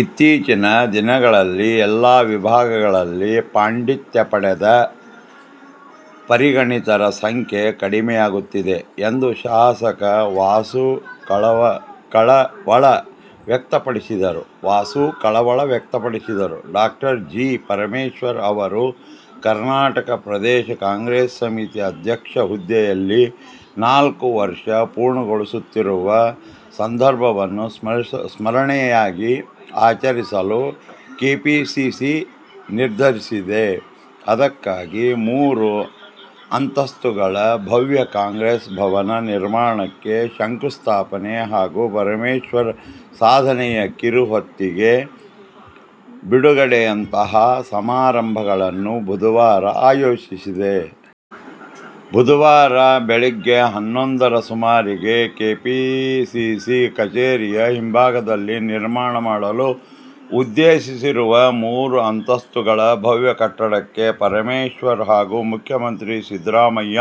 ಇತ್ತೀಚಿನ ದಿನಗಳಲ್ಲಿ ಎಲ್ಲಾ ವಿಭಾಗಗಳಲ್ಲಿ ಪಾಂಡಿತ್ಯ ಪಡೆದ ಪರಿಣಿತರ ಸಂಖ್ಯೆ ಕಡಿಮೆಯಾಗುತ್ತಿದೆ ಎಂದು ಶಾಸಕ ವಾಸು ಕಳವಳ ವ್ಯಕ್ತಪಡಿಸಿದರು. ಡಾ ಜಿ. ಪರಮೇಶ್ವರ್ ಅವರು ಕರ್ನಾಟಕ ಪ್ರದೇಶ ಕಾಂಗ್ರೆಸ್ ಸಮಿತಿ ಅಧ್ಯಕ್ಷ ಹುದ್ದೆಯಲ್ಲಿ ನಾಲ್ಕು ವರ್ಷ ಪೂರ್ಣಗೊಳಿಸುತ್ತಿರುವ ಸಂದರ್ಭವನ್ನು ಸ್ಮರಣೀಯವಾಗಿ ಆಚರಿಸಲು ಕೆಪಿಸಿಸಿ ನಿರ್ಧರಿಸಿದೆ. ಇದಕ್ಕಾಗಿ ಮೂರು ಅಂತಸ್ತುಗಳ ಭವ್ಯ ಕಾಂಗ್ರೆಸ್ ಭವನ ನಿರ್ಮಾಣಕ್ಕೆ ಶಂಕು ಸ್ಥಾಪನೆ ಹಾಗೂ ಪರಮೇಶ್ವರ್ ಸಾಧನೆಯ ಕಿರು ಹೊತ್ತಿಗೆ ಬಿಡುಗಡೆಯಂತಹ ಸಮಾರಂಭಗಳನ್ನು ಬುಧವಾರ ಆಯೋಜಿಸಿದೆ. ಬುಧವಾರ ಬೆಳಗ್ಗೆ ಹನ್ನೊಂದರ ಸುಮಾರಿಗೆ ಕೆಪಿಸಿಸಿ ಕಚೇರಿಯ ಹಿಂಭಾಗದಲ್ಲಿ ನಿರ್ಮಾಣ ಮಾಡಲು ಉದ್ದೇಶಿಸಿರುವ ಮೂರು ಅಂತಸ್ತುಗಳ ಭವ್ಯ ಕಟ್ಟಡಕ್ಕೆ ಪರಮೇಶ್ವರ್ ಹಾಗೂ ಮುಖ್ಯಮಂತ್ರಿ ಸಿದ್ದರಾಮಯ್ಯ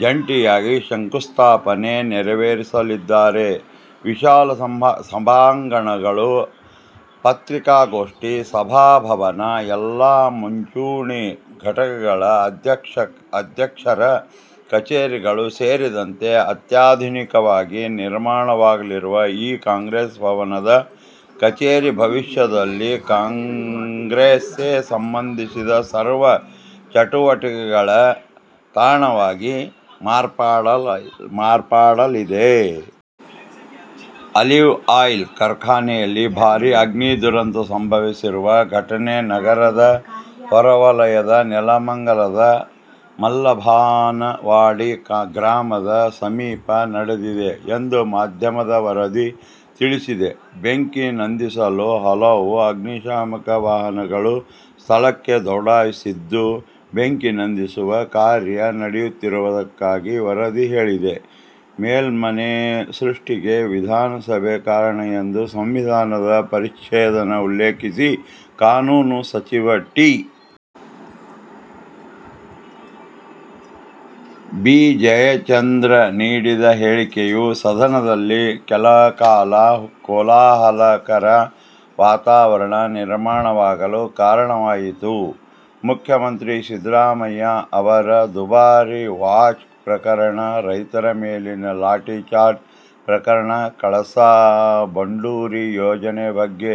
ಜಂಟಿಯಾಗಿ ಶಂಕುಸ್ಥಾಪನೆ ನೆರವೇರಿಸಲಿದ್ದಾರೆ. ವಿಶಾಲ ಸಭಾಂಗಣಗಳು, ಪತ್ರಿಕಾಗೋಷ್ಠಿ ಸಭಾಭವನ, ಎಲ್ಲಾ ಮಂಚೂಣಿ ಘಟಕಗಳ ಅಧ್ಯಕ್ಷರ ಕಚೇರಿಗಳು ಸೇರಿದಂತೆ ಅತ್ಯಾಧುನಿಕವಾಗಿ ನಿರ್ಮಾಣವಾಗಲಿರುವ ಈ ಕಾಂಗ್ರೆಸ್ ಭವನದ ಕಚೇರಿ ಭವಿಷ್ಯದಲ್ಲಿ ಕಾಂಗ್ರೆಸ್ಗೆ ಸಂಬಂಧಿಸಿದ ಸರ್ವ ಚಟುವಟಿಕೆಗಳ ತಾಣವಾಗಿ ಮಾರ್ಪಡಲಿದೆ. ಆಲಿವ್ ಆಯಿಲ್ ಕಾರ್ಖಾನೆಯಲ್ಲಿ ಭಾರೀ ಅಗ್ನಿ ದುರಂತ ಸಂಭವಿಸಿರುವ ಘಟನೆ ನಗರದ ಹೊರವಲಯದ ನೆಲಮಂಗಲದ ಮಲ್ಲಬಾನವಾಡಿ ಗ್ರಾಮದ ಸಮೀಪ ನಡೆದಿದೆ ಎಂದು ಮಾಧ್ಯಮದ ವರದಿ ತಿಳಿಸಿದೆ. ಬೆಂಕಿ ನಂದಿಸಲು ಹಲವು ಅಗ್ನಿಶಾಮಕ ವಾಹನಗಳು ಸ್ಥಳಕ್ಕೆ ದೌಡಾಯಿಸಿದ್ದು, ಬೆಂಕಿ ನಂದಿಸುವ ಕಾರ್ಯ ನಡೆಯುತ್ತಿರುವುದಾಗಿ ವರದಿ ಹೇಳಿದೆ. ಮೇಲ್ಮನೆ ಸೃಷ್ಟಿಗೆ ವಿಧಾನಸಭೆ ಕಾರಣ ಎಂದು ಸಂವಿಧಾನದ ಪರಿಚ್ಛೇದ ಉಲ್ಲೇಖೀಸಿ ಕಾನೂನು ಸಚಿವ ಟಿ. ಬಿ ಜಯಚಂದ್ರ ನೀಡಿದ ಹೇಳಿಕೆಯು ಸದನದಲ್ಲಿ ಕೆಲಕಾಲ ಕೋಲಾಹಲಕರ ವಾತಾವರಣ ನಿರ್ಮಾಣವಾಗಲು ಕಾರಣವಾಯಿತು. ಮುಖ್ಯಮಂತ್ರಿ ಸಿದ್ದರಾಮಯ್ಯ ಅವರ ದುಬಾರಿ ವಾಚ್ ಪ್ರಕರಣ, ರೈತರ ಮೇಲಿನ ಲಾಠಿ ಚಾರ್ಜ್ ಪ್ರಕರಣ, ಕಳಸಾ ಬಂಡೂರಿ ಯೋಜನೆ ಬಗ್ಗೆ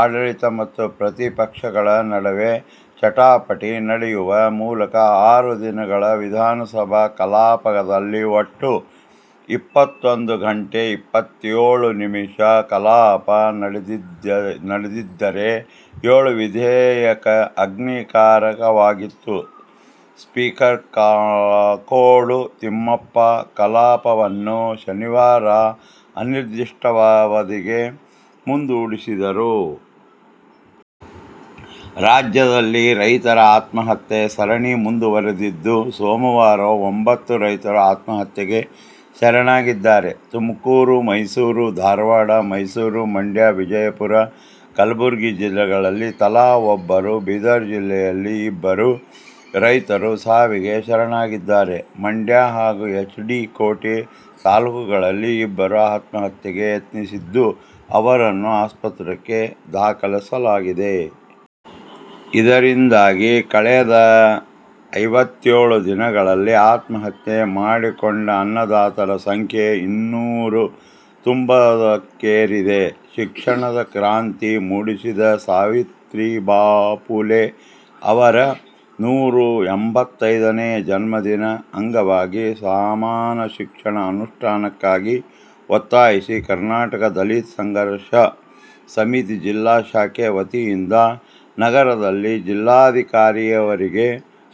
ಆಡಳಿತ ಮತ್ತು ಪ್ರತಿಪಕ್ಷಗಳ ನಡುವೆ ಜಟಾಪಟಿ ನಡೆಯುವ ಮೂಲಕ ಆರು ದಿನಗಳ ವಿಧಾನಸಭಾ ಕಲಾಪದಲ್ಲಿ ಒಟ್ಟು ಇಪ್ಪತ್ತೊಂದು ಗಂಟೆ ಇಪ್ಪತ್ತೇಳು ನಿಮಿಷ ಕಲಾಪ ನಡೆದಿದ್ದರೆ, ಏಳು ವಿಧೇಯಕ ಅಂಗೀಕಾರವಾಗಿದ್ದು, ಸ್ಪೀಕರ್ ಕಾಗೋಡು ತಿಮ್ಮಪ್ಪ ಕಲಾಪವನ್ನು ಶನಿವಾರ ಅನಿರ್ದಿಷ್ಟಾವಧಿಗೆ ಮುಂದೂಡಿದರು. ರಾಜ್ಯದಲ್ಲಿ ರೈತರ ಆತ್ಮಹತ್ಯೆ ಸರಣಿ ಮುಂದುವರಿದಿದ್ದು ಸೋಮವಾರ ಒಂಬತ್ತು ರೈತರು ಆತ್ಮಹತ್ಯೆಗೆ ಶರಣಾಗಿದ್ದಾರೆ. ತುಮಕೂರು, ಮೈಸೂರು, ಧಾರವಾಡ, ಮೈಸೂರು, ಮಂಡ್ಯ, ವಿಜಯಪುರ, ಕಲಬುರಗಿ ಜಿಲ್ಲೆಗಳಲ್ಲಿ ತಲಾ ಒಬ್ಬರು, ಬೀದರ್ ಜಿಲ್ಲೆಯಲ್ಲಿ ಇಬ್ಬರು ರೈತರು ಸಾವಿಗೆ ಶರಣಾಗಿದ್ದರೆ, ಮಂಡ್ಯ ಹಾಗೂ ಎಚ್. ಡಿ. ಕೋಟೆ ತಾಲೂಕುಗಳಲ್ಲಿ ಇಬ್ಬರು ಆತ್ಮಹತ್ಯೆಗೆ ಯತ್ನಿಸಿದ್ದು, ಅವರನ್ನು ಆಸ್ಪತ್ರೆಗೆ ದಾಖಲಿಸಲಾಗಿದೆ. ಇದರಿಂದಾಗಿ ಕಳೆದ ಐವತ್ತೇಳು ದಿನಗಳಲ್ಲಿ ಆತ್ಮಹತ್ಯೆ ಮಾಡಿಕೊಂಡ ಅನ್ನದಾತರ ಸಂಖ್ಯೆ ಇನ್ನೂರ ತೊಂಬತ್ತೊಂದಕ್ಕೇರಿದೆ ಶಿಕ್ಷಣದ ಕ್ರಾಂತಿ ಮೂಡಿಸಿದ ಸಾವಿತ್ರಿಬಾಪುಲೆ ಅವರ ನೂರ ಎಂಬತ್ತೈದನೇ ಜನ್ಮದಿನದ ಅಂಗವಾಗಿ ಸಮಾನ ಶಿಕ್ಷಣ ಅನುಷ್ಠಾನಕ್ಕಾಗಿ ಒತ್ತಾಯಿಸಿ ಕರ್ನಾಟಕ ದಲಿತ ಸಂಘರ್ಷ ಸಮಿತಿ ಜಿಲ್ಲಾ ಶಾಖೆ ವತಿಯಿಂದ ನಗರದಲ್ಲಿಜಿಲ್ಲಾಧಿಕಾರಿಯವರಿಗೆ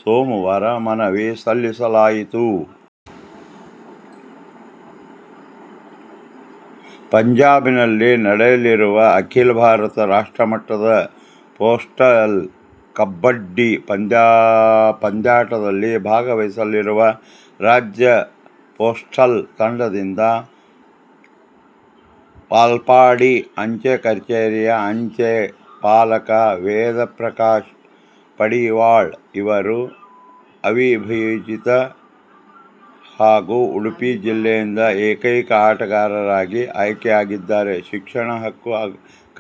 ಸೋಮವಾರ ಮನವಿ ಸಲ್ಲಿಸಲಾಯಿತು. ಪಂಜಾಬ್ನಲ್ಲಿ ನಡೆಯಲಿರುವ ಅಖೀಲ ಭಾರತ ರಾಷ್ಟ್ರಮಟ್ಟದ ಪೋಸ್ಟಲ್ ಕಬಡ್ಡಿ ಪಂದ್ಯಾಟದಲ್ಲಿ ಭಾಗವಹಿಸಲಿರುವ ರಾಜ್ಯ ಪೋಸ್ಟಲ್ ತಂಡದಲ್ಲಿ ವಾಲ್ಪಾಡಿ ಅಂಚೆ ಕಛೇರಿಯ ಅಂಚೆ ಪಾಲಕ ವೇದ ಪ್ರಕಾಶ್ ಪಡಿವಾಳ್ ಇವರು ಅವಿಭಜಿತ ದ. ಕ. ಹಾಗೂ ಉಡುಪಿ ಜಿಲ್ಲೆಯಿಂದ ಏಕೈಕ ಆಟಗಾರರಾಗಿ ಆಯ್ಕೆಯಾಗಿದ್ದಾರೆ. ಶಿಕ್ಷಣ ಹಕ್ಕು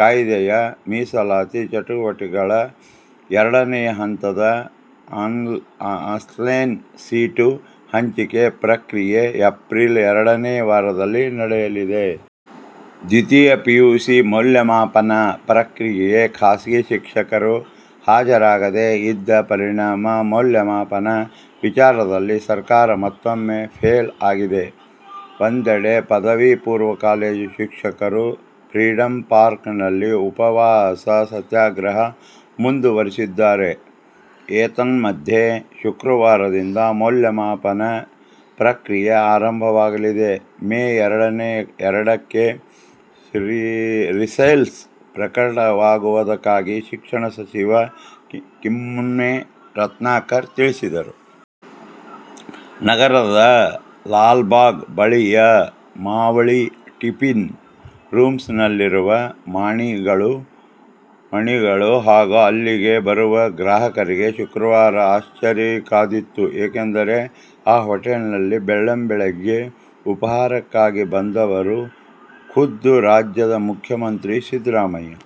ಕಾಯ್ದೆ ಯ ಮೀಸಲಾತಿ ಸೀಟುಗಳ ಎರಡನೇ ಹಂತದ ಆನ್ಲೈನ್ ಸೀಟು ಹಂಚಿಕೆ ಪ್ರಕ್ರಿಯೆ ಏಪ್ರಿಲ್ ಎರಡನೇ ವಾರದಲ್ಲಿ ನಡೆಯಲಿದೆ. ದ್ವಿತೀಯ ಪಿಯುಸಿ ಮೌಲ್ಯಮಾಪನ ಪ್ರಕ್ರಿಯೆಗೆ ಖಾಸಗಿ ಶಿಕ್ಷಕರು ಹಾಜರಾಗದೆ ಇದ್ದ ಪರಿಣಾಮ ಮೌಲ್ಯಮಾಪನ ವಿಚಾರದಲ್ಲಿ ಸರ್ಕಾರ ಮತ್ತೊಮ್ಮೆ ಫೇಲ್ ಆಗಿದೆ. ಒಂದೆಡೆ ಪದವಿ ಪೂರ್ವ ಕಾಲೇಜು ಶಿಕ್ಷಕರು ಫ್ರೀಡಂ ಪಾರ್ಕ್ ನಲ್ಲಿ ಉಪವಾಸ ಸತ್ಯಾಗ್ರಹ ಮುಂದುವರಿಸಿದ್ದಾರೆ. ಏತನ್ಮಧ್ಯೆ ಶುಕ್ರವಾರದಿಂದ ಮೌಲ್ಯಮಾಪನ ಪ್ರಕ್ರಿಯೆ ಆರಂಭವಾಗಲಿದೆ. ಮೇ ಎರಡಕ್ಕೆ ರಿಸಲ್ಟ್ ಪ್ರಕಟವಾಗುವುದಾಗಿ ಶಿಕ್ಷಣ ಸಚಿವ ಕಿಮ್ಮನೆ ರತ್ನಾಕರ್ ತಿಳಿಸಿದ್ದರು. ನಗರದ ಲಾಲ್ಬಾಗ್ ಬಳಿಯ ಮಾವಳ್ಳಿ ಟಿಫಿನ್ ರೂಮ್ಸ್ ನಲ್ಲಿರುವ ಮಾಣಿಗಳು ಹಾಗೂ ಅಲ್ಲಿಗೆ ಬರುವ ಗ್ರಾಹಕರಿಗೆ ಶುಕ್ರವಾರ ಅಚ್ಚರಿ ಕಾದಿತ್ತು. ಏಕೆಂದರೆ, ಆ ಹೊಟೇಲ್ಗೆ ಬೆಳ್ಳಂಬೆಳಗ್ಗೆ ಉಪಾಹಾರಕ್ಕಾಗಿ ಬಂದವರು ಖುದ್ದು ರಾಜ್ಯದ ಮುಖ್ಯಮಂತ್ರಿ ಸಿದ್ದರಾಮಯ್ಯ